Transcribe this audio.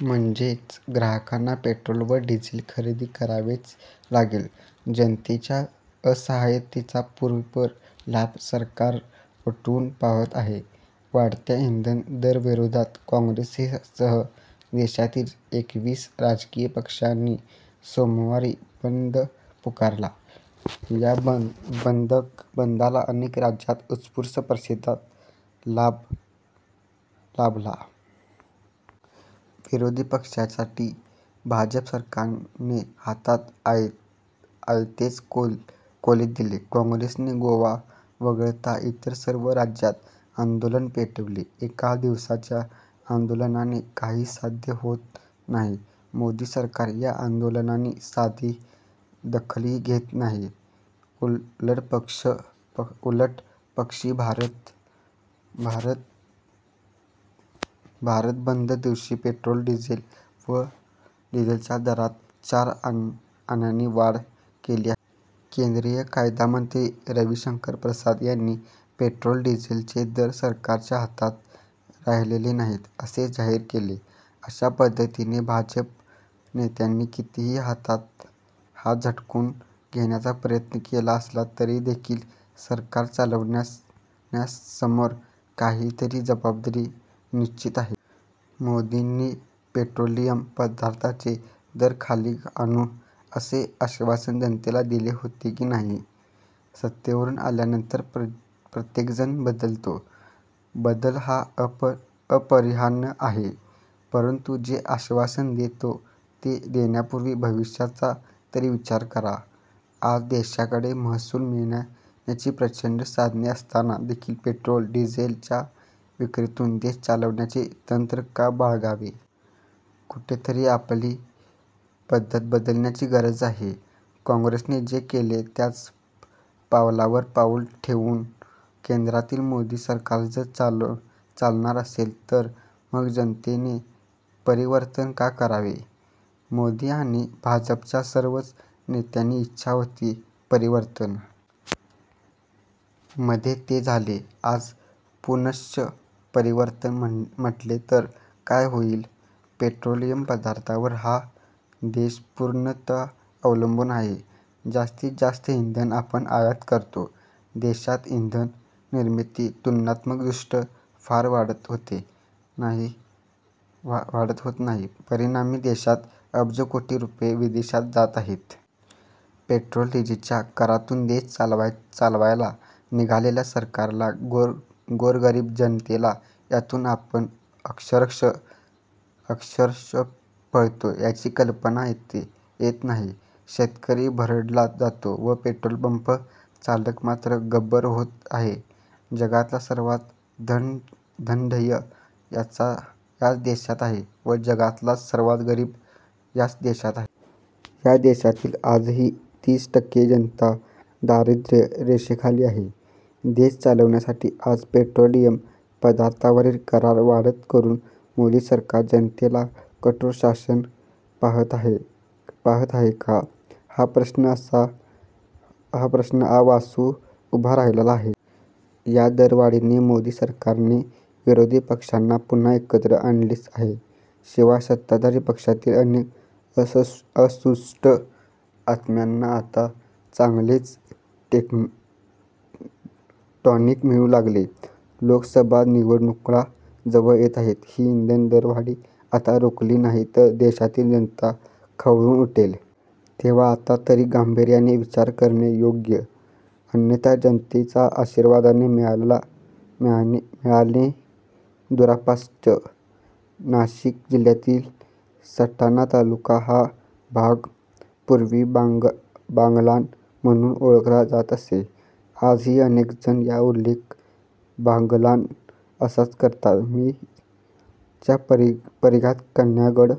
म्हणजेच ग्राहकांना पेट्रोल व डिझेल खरेदी करावेच लागेल. जनतेच्या असाहय़तेचा पुरेपुर लाभ सरकार उठवू पाहत आहे. वाढत्या इंधन दराविरोधात काँग्रेससह देशातील एकवीस राजकीय पक्षांनी सोमवारी बंद पुकारला. या बंदला अनेक राज्यांत उत्स्फूर्त प्रतिसाद लाभला. विरोधी पक्षांसाठी भाजप सरकारने हातात आयतेच कोलीत दिले. काँग्रेसने गोवा वगळता इतर सर्व राज्यांत आंदोलन पेटविले. एका दिवसाच्या आंदोलनाने काही साध्य होणार नाही. मोदी सरकार या आंदोलनाची साधी दखलदेखील घेत नाहीत. उलटपक्षी भारत बंद दिवशीच पेट्रोल व डिझेलच्या दरात चार आण्यांनी वाढ केली आहे. केंद्रीय कायदामंत्री रवीशंकर प्रसाद यांनी पेट्रोल डिझेलचे दर सरकारच्या हातात राहिलेले नाही, असे जाहीर केले. अशा पद्धतीने भाजप नेत्यांनी कितीही हात झटकून घेण्याचा प्रयत्न केला असला तरीदेखील सरकार चालविणाऱयांसमोर काहीतरी जबाबदारी निश्चितच आहे. मोदींनी पेट्रोलियम पदार्थांचे दर खाली आणू असे आश्वासन जनतेला दिले होते की नाही? सत्तेवर आल्यानंतर प्रत्येकजण बदलतो. बदल हा अपरिहार्य आहे. परंतु जे आश्वासन देतो ते देण्यापूर्वी भविष्याचा तरी विचार करा. आज देशाकडे महसूल मिळविण्याची प्रचंड साधने असताना देखील पेट्रोल, डिझेलच्या विक्रीतून देश चालविण्याचे तंत्र का बाळगावे? कुठेतरी आपली पद्धत बदलण्याची गरज आहे. काँग्रेसने जे केले त्याच पावलावर पाऊल ठेवून केंद्रातील मोदी सरकार जर चालणार असेल तर मग जनतेने परिवर्तन का करावे! मोदी अािण भाजपच्या सर्वच नेत्यांची इच्छा होती परिवर्तन! मध्ये ते झाले. आज पुनश्च परिवर्तन म्हटले तर काय होईल? पेट्रोलियम पदार्थांवर हा देश पूर्णतः अवलंबून आहे. जास्तीत जास्त इंधने आपण आयात करतोय. देशात इंधन निर्मितीमध्ये तुलनात्मकदृष्टय़ा फार वाढ होत नाही. परिणामी देशाचे अब्ज कोटी रुपये विदेशात जात आहेत. पेट्रोल डिझेलच्या करातून देश चालवायला निघालेल्या सरकारला गोरगरीब जनतेला यातून आपण अक्षरशः पिळतो याची कल्पना येत नाही. शेतकरी भरडला जातोय व पेट्रोलपंप चालक मात्र गब्बर होत आहेत. जगातला सर्वांत धनाढय़ याच देशात आहे व जगातला सर्वांत गरीब याच देशात आहे. या देशातील आजही तीस टक्के जनता दारिद्रय़ रेषेखाली आहे. देश चालविण्यासाठी आज पेट्रोलियम पदार्थांवरील करात वाढ करून मोदी सरकार जनतेला कठोर शासन करू पाहत आहे का? हा प्रश्न आ वासून उभा राहिलेला आहे. या दरवाढीने मोदी सरकारने विरोधी पक्षांना पुन्हा एकत्र आणलेच आहे. शिवाय सत्ताधारी पक्षातील अनेक असंतुष्ट आत्म्यांना आता चांगलेच टॉनिक मिळू लागेल. लोकसभा निवडणुका जवळ येत आहेत. ही इंधन दरवाढ आता रोखली नाही तर देशातील जनता खवळून उठेल. तेव्हा आता तरी गांभीर्याने विचार करणे योग्य. अन्यथा जनतेचा आशीर्वाद मिळणे दुरापास्तच! नाशिक जिल्ह्यातील सटाणा तालुका हा भाग पुर्वी बागलाण म्हणून ओळखला जात असे. आजही अनेकजण याचा उल्लेख बागलाण असाच करतात. मी. च्या परिघात कऱ्हागड,